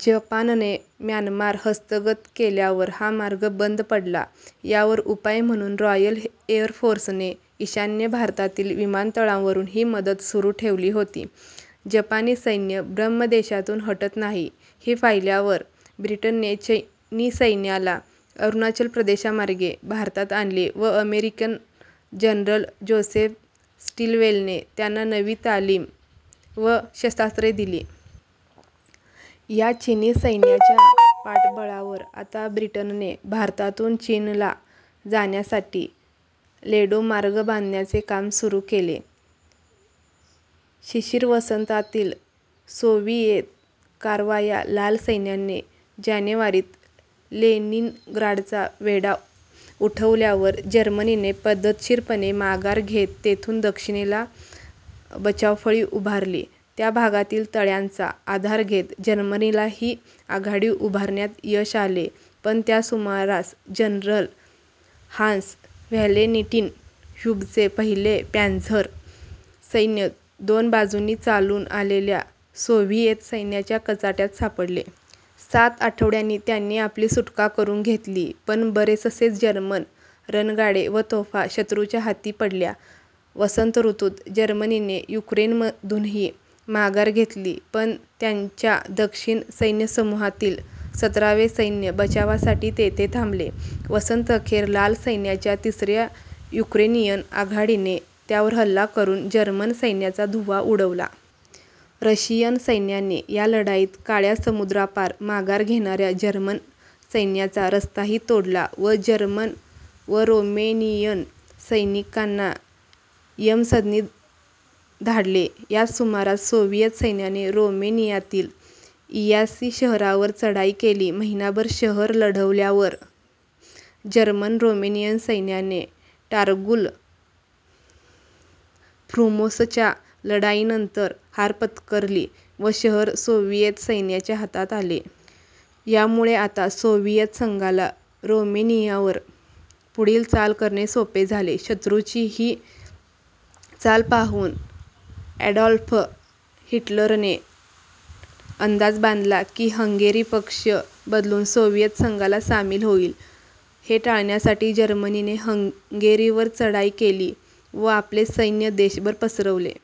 जपानने म्यानमार हस्तगत केल्यावर हा मार्ग बंद पडला. यावर उपाय म्हणून रॉयल एरफोर्सने ईशान्य भारतातील विमानतळांवरून ही मदत सुरू ठेवली होती. जपानी सैन्य ब्रह्मदेशातून हटत नाही ही पाहिल्यावर ब्रिटनने चीनी सैन्याला अरुणाचल प्रदेशमार्गे भारतात आणले व अमेरिकन जनरल जोसेफ स्टिलवेलने त्यांना नवी तालीम व शस्त्रास्त्रे दिली. या चीनी सैन्याच्या पाठबळावर आता ब्रिटनने भारतातून चीनला जाण्यासाठी लेडो मार्ग बांधण्याचे काम सुरू केले. शिशिर-वसंतातील सोव्हिएत कारवाया लाल सैन्याने जानेवारीत लेनिनग्राडचा वेढा उठवल्यावर जर्मनीने पद्धतशीरपणे माघार घेत तेथून दक्षिणेला बचावफळी उभारली. त्या भागातील तळ्यांचा आधार घेत जर्मनीला ही आघाडी उभारण्यात यश आले पण त्या सुमारास जनरल हान्स-व्हॅलेन्टिन ह्युबचे पहिले पॅन्झर सैन्य दोन बाजूंनी चालून आलेल्या सोव्हिएत सैन्याच्या कचाट्यात सापडले. सात आठवड्यांनी त्यांनी आपली सुटका करून घेतली पण बरेचसे जर्मन रणगाडे व तोफा शत्रूच्या हाती पडल्या. वसंत ऋतुत जर्मनीने युक्रेनमधूनही माघार घेतली पण त्यांच्या दक्षिण सैन्यसमूहातील सतरावे सैन्य बचावासाठी तेथे थांबले. वसंतअखेर लाल सैन्याच्या तिसऱ्या युक्रेनियन आघाडीने त्यावर हल्ला करून जर्मन सैन्याचा धुव्वा उडवला. रशियन सैन्याने या लढाईत काळ्या समुद्रापार माघार घेणाऱ्या जर्मन सैन्याचा रस्ताही तोडला व जर्मन व रोमेनियन सैनिकांना यमसदनी धाडले. याच सुमारास सोव्हिएत सैन्याने रोमेनियातील इयासी शहरावर चढाई केली. महिनाभर शहर लढवल्यावर जर्मन-रोमेनियन सैन्याने टारगुल फ्रुमोसच्या लढाईनंतर हार पत्करली व शहर सोव्हिएत सैन्याच्या हातात आले. यामुळे आता सोव्हिएत संघाला रोमेनियावर पुढील चाल करणे सोपे झाले. शत्रूची ही चाल पाहून ॲडॉल्फ हिटलरने अंदाज बांधला की हंगेरी पक्ष बदलून सोव्हिएत संघाला सामील होइल. हे टाळण्यासाठी जर्मनीने हंगेरीवर चढाई केली व आपले सैन्य देशभर पसरवले.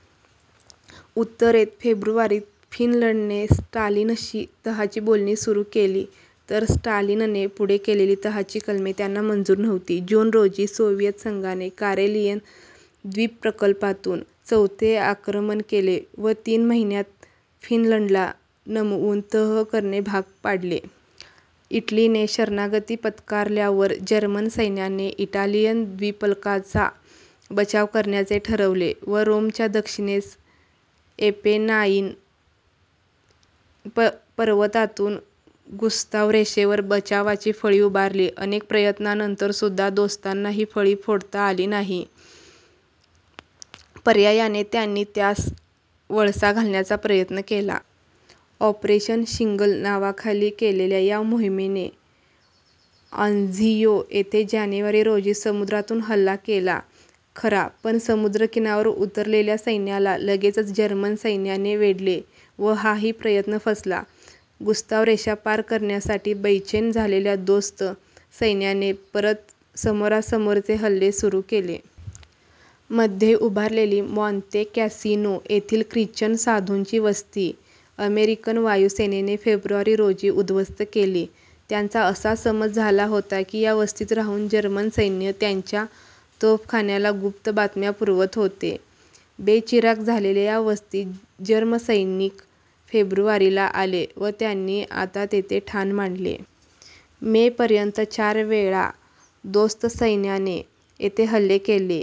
उत्तरेत फेब्रुवारीत फिनलंडने स्टालिनशी तहाची बोलणी सुरू केली पण स्टालिनने पुढे केलेली तहाची कलमे त्यांना मंजूर नव्हती. जून रोजी सोव्हिएत संघाने कारेलियन द्वीपकल्पावरून चौथे आक्रमण केले व तीन महिन्यात फिनलंडला नमवून तह करणे भाग पाडले. इटलीने शरणागती पत्करल्यावर जर्मन सैन्याने इटालियन द्वीपकल्पाचा बचाव करण्याचे ठरवले व रोमच्या दक्षिणेस एपेनाइन पर्वतातून गुस्ताव रेषेवर बचावाची फळी उभारली. अनेक प्रयत्नांनंतरसुद्धा दोस्तांना ही फळी फोडता आली नाही. पर्यायाने त्यांनी त्यास वळसा घालण्याचा प्रयत्न केला. ऑपरेशन शिंगल नावाखाली केलेल्या या मोहिमेने आंझियो येथे जानेवारी, रोजी समुद्रातून हल्ला केला खरा पण किनाऱ्यावर उतरलेल्या सैन्याला लगेचच जर्मन सैन्याने वेढले व हाही प्रयत्न फसला. गुस्ताव रेषा पार करण्यासाठी बेचैन झालेल्या दोस्त सैन्याने परत समोरासमोरचे हल्ले सुरू केले. मध्ये उभारलेली मॉॅंते कॅसिनो येथील ख्रिश्चन साधूंची वस्ती अमेरिकन वायु सेनेने फेब्रुवारी रोजी उद्ध्वस्त केली. त्यांचा असा समज झाला होता की या वस्तीत राहून जर्मन सैन्य त्यांच्या तोफखान्याला गुप्त बातम्या पुरवत होते. बेचिराख झालेल्या या वस्तीत जर्म सैनिक फेब्रुवारी ला आले व त्यांनी आता तेथे ठाण मांडले. मे पर्यंत चार वेळा दोस्त सैन्याने येथे हल्ले केले.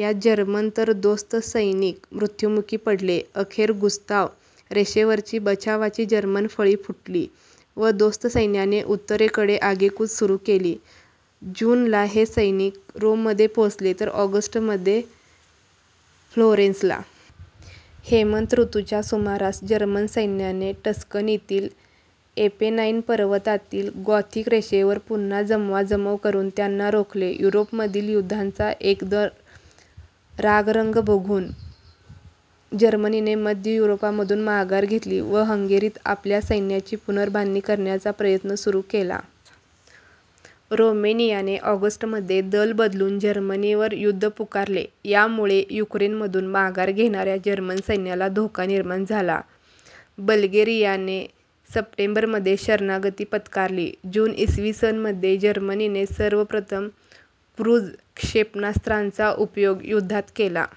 यात जर्मन तर दोस्त सैनिक मृत्युमुखी पडले. अखेर गुस्ताव रेषेवरची बचावाची जर्मन फळी फुटली व दोस्त सैन्याने उत्तरेकडे आगेकूच सुरू केली. जून ला हे सैनिक रोममध्ये पोचले तर ऑगस्टमध्ये फ्लोरेंसला. हेमंत ऋतूच्या सुमारास जर्मन सैन्याने टस्कनीतील एपेनाइन पर्वतातील गॉथिक रेषेवर पुन्हा जमवाजमव करून त्यांना रोखले युरोपमधील युद्धाचा एकंदर रागरंग बघून जर्मनीने मध्य युरोपमधून माघार घेतली व हंगेरीत आपल्या सैन्याची पुनर्बांधणी करण्याचा प्रयत्न सुरू केला. रोमेनियाने ऑगस्ट मध्ये दल बदलून जर्मनीवर युद्ध पुकारले. यामुळे युक्रेनमधून माघार घेणाऱ्या जर्मन सैन्याला धोका निर्माण झाला. बल्गेरियाने सप्टेंबरमध्ये शरणागती पत्करली. जून इ. स. मध्ये जर्मनीने सर्वप्रथम क्रुझ क्षेपणास्त्रांचा उपयोग युद्धात केला.